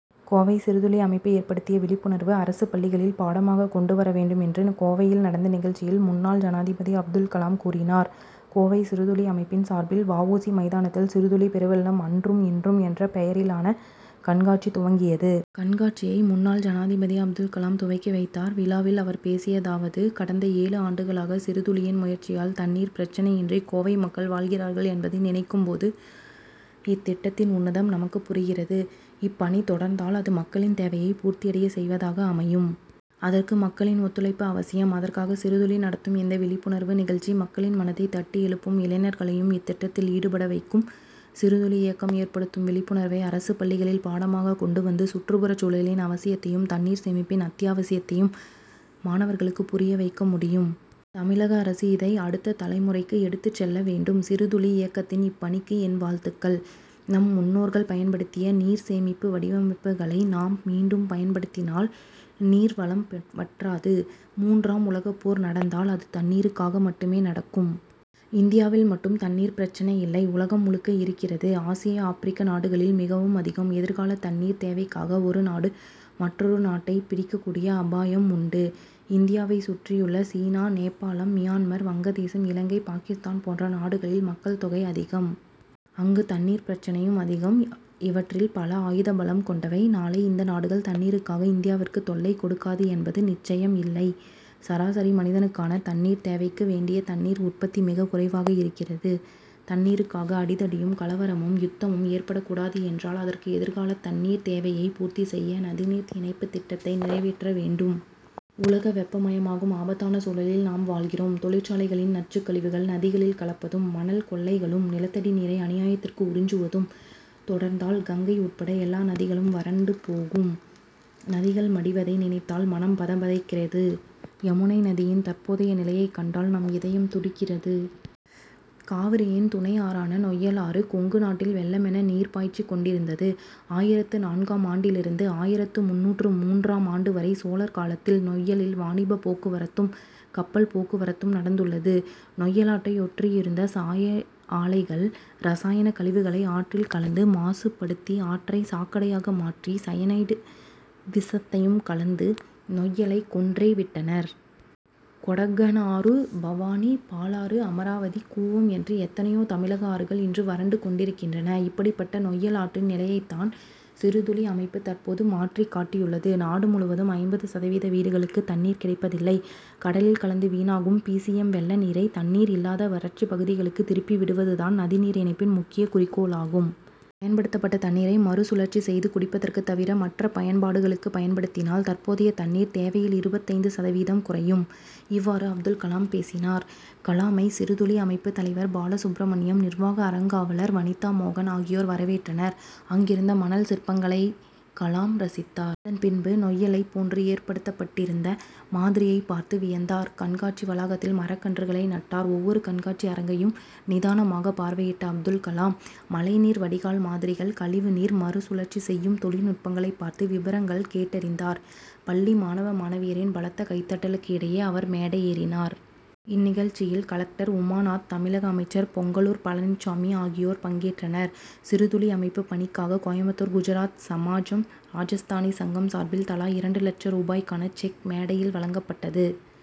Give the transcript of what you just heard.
கோவை சிறுதுளி அமைப்பு ஏற்படுத்திய விழிப்புணர்வு, அரசு பள்ளிகளில் பாடமாக கொண்டு வரவேண்டும் என்று கோவையில் நடந்த நிகழ்ச்சியில் முன்னாள் ஜனாதிபதி அப்துல் கலாம் கூறினார். கோவை சிறுதுளி அமைப்பின் சார்பில், வ. உ. சி. மைதானத்தில் சிறுதுளி பெருவெள்ளம் அன்றும் இன்றும்' என்ற பெயரிலான கண்காட்சி துவங்கியது. கண்காட்சியை முன்னாள் ஜனாதிபதி அப்துல் கலாம் துவக்கி வைத்தார். விழாவில் அவர் பேசியதாவது கடந்த ஏழு ஆண்டுகளாக சிறுதுளியின் முயற்சியால் தண்ணீர் பிரச்னையின்றி கோவை மக்கள் வாழ்கிறார்கள் என்பதை நினைக்கும் போது இத்திட்டத்தின் உன்னதம் நமக்கு புரிகிறது. இப்பணி தொடர்ந்தால் அது மக்களின் தேவையைப் பூர்த்தி செய்வதாக அமையும். அதற்கு மக்களின் ஒத்துழைப்பு அவசியம். அதற்காக சிறுதுளி நடத்தும் இந்த விழிப்புணர்வு நிகழ்ச்சி மக்களின் மனதை தட்டி எழுப்பும் இளைஞர்களையும் இத்திட்டத்தில் ஈடுபடவைக்கும். சிறுதுளி இயக்கம் ஏற்படுத்தும் விழிப்புணர்வை, அரசு பள்ளிகளில் பாடமாக கொண்டுவந்து, சுற்றுப்புறச் சூழலின் அவசியத்தையும், தண்ணீர் சேமிப்பின் அத்தியாவசியத்தையும் மாணவர்களுக்கு புரிய வைக்க முடியும். தமிழக அரசு இதை அடுத்த தலை முறைக்கு எடுத்துச் செல்ல வேண்டும். சிறுதுளி இயக்கத்தின் இப்பணிக்கு என் வாழ்த்துக்கள். நம் முன்னோர்கள் பயன்படுத்திய நீர் சேமிப்பு வடிவமைப்புகளை நாம் மீண்டும் பயன்படுத்தினால் நீர் வளம் வற்றாது. மூன்றாம் உலகப்போர் நடந்தால், அது தண்ணீருக்காக மட்டுமே நடக்கும். இந்தியாவில் மட்டும் தண்ணீர் பிரச்னை இல்லை உலகம் முழுக்க இருக்கிறது. ஆசிய, ஆப்ரிக்க நாடுகளில் மிகவும் அதிகம். எதிர்கால தண்ணீர் தேவைக்காக ஒரு நாடு, மற்றொரு நாட்டை பிடிக்கக்கூடிய அபாயம் உண்டு. இந்தியாவை சுற்றியுள்ள, சீனா, நேபாளம், மியான்மர், வங்கதேசம், இலங்கை, பாகிஸ்தான் போன்ற நாடுகளில் மக்கள் தொகை அதிகம். அங்கு தண்ணீர் பிரச்னையும் அதிகம். இவற்றில் பல ஆயுத பலம் கொண்டவை. நாளை இந்த நாடுகள், தண்ணீருக்காக இந்தியாவிற்கு தொல்லை கொடுக்காது என்பது நிச்சயம் இல்லை. சராசரி மனிதனுக்கான தண்ணீர் தேவைக்கு வேண்டிய தண்ணீர் உற்பத்தி மிகக்குறைவாக இருக்கிறது. தண்ணீருக்காக அடிதடியும், கலவரமும் யுத்தமும் ஏற்படக்கூடாது என்றால் அதற்கு எதிர்காலத்தண்ணீர் தேவையை பூர்த்தி செய்ய நதிநீர் இணைப்புத் திட்டத்தை நிறைவேற்ற வேண்டும். உலக வெப்பமயமாகும் ஆபத்தான சூழலில் நாம் வாழ்கிறோம். தொழிற்சாலைகளின் நச்சுக்கழிவுகள், நதிகளில் கலப்பதும், மணல் கொள்ளைகளும், நிலத்தடி நீரை அநியாயத்திற்கு உறிஞ்சுவதும் தொடர்ந்தால் கங்கை உட்பட எல்லா நதிகளும் வறண்டு போகும். நதிகள் மடிவதை நினைத்தால மனம் பதைபதைக்கிறது. யமுனை நதியின் தற்போதைய நிலையை கண்டால் நம் இதயம் துடிக்கிறது. காவிரியின் துணை ஆறான நொய்யல் ஆறு, கொங்கு நாட்டில் வெள்ளமென நீர் பாய்ச்சிக் கொண்டிருந்தது. ஆயிரத்து நான்காம் ஆண்டிலிருந்து, ஆயிரத்து முந்நூற்று மூன்றாம் ஆண்டுவரை சோழர் காலத்தில் நொய்யலில் வாணிப போக்குவரத்தும், கப்பல் போக்குவரத்தும் நடந்துள்ளது. நொய்யலாற்றையொட்டியிருந்த சாய ஆலைகள், ரசாயனக் கழிவுகளை ஆற்றில் கலந்து, மாசு படுத்தி ஆற்றை சாக்கடையாக மாற்றி, சயனைடு விஷத்தையும் கலந்து நொய்யலைக் கொன்றே விட்டனர். கொடகனாறு, பவானி, பாலாறு, அமராவதி, கூவம் என்று எத்தனையோ தமிழக ஆறுகள் இன்று வறண்டு கொண்டிருக்கின்றன. இப்படிப்பட்ட நொய்யல் ஆற்றின் நிலையைத்தான் சிறுதுளி அமைப்பு தற்போது மாற்றிக்காட்டியுள்ளது. நாடுமுழுவதும் ஐம்பது சதவீத வீடுகளுக்கு தண்ணீர் கிடைப்பதில்லை. கடலில் கலந்து வீணாகும் பி. சி. எம்., வெள்ள நீரை, தண்ணீர் இல்லாத வறட்சிப் பகுதிகளுக்கு திருப்பி விடுவது தான் நதிநீர் இணைப்பின் முக்கிய குறிக்கோளாகும். பயன்படுத்தப்பட்ட தண்ணீரை மறுசுழற்சி செய்து குடிப்பதற்கு தவிர மற்ற பயன்பாடுகளுக்கு பயன்படுத்தினால், தற்போதைய தண்ணீர் தேவையில் இருபத்தைந்து சதவீதம் குறையும். இவ்வாறு அப்துல் கலாம் பேசினார். கலாமை சிறுதுளி அமைப்பு தலைவர் பாலசுப்ரமணியம், நிர்வாக அறங்காவலர் வனிதா மோகன் ஆகியோர் வரவேற்றனர். அங்கிருந்த மணல் சிற்பங்களை கலாம் ரசித்தார். அதன் பின்பு நொய்யலைப் போன்று ஏற்படுத்தப்பட்டிருந்த மாதிரியைப் பார்த்து வியந்தார். கண்காட்சி வளாகத்தில் மரக்கன்றுகளை நட்டார். ஒவ்வொரு கண்காட்சி அரங்கையும் நிதானமாகப் பார்வையிட்ட அப்துல் கலாம், மழைநீர் வடிகால் மாதிரிகள், கழிவுநீர் மறுசுழற்சி செய்யும் தொழில்நுட்பங்களைப் பார்த்து, விபரங்கள் கேட்டறிந்தார். பள்ளி மாணவ மாணவியரின் பலத்த கைதட்டலுக்கு இடையே அவர் மேடையேறினார். இந்நிகழ்ச்சியில் கலெக்டர் உமாநாத், தமிழக அமைச்சர் பொங்கலூர் பழனிச்சாமி ஆகியோர் பங்கேற்றனர். சிறுதுளி அமைப்பு பணிக்காக கோயமுத்தூர் குஜராத் சமாஜம், ராஜஸ்தானி சங்கம் சார்பில் தலா இரண்டு லட்ச ரூபாய்க்கான செக் மேடையில் வழங்கப்பட்டது.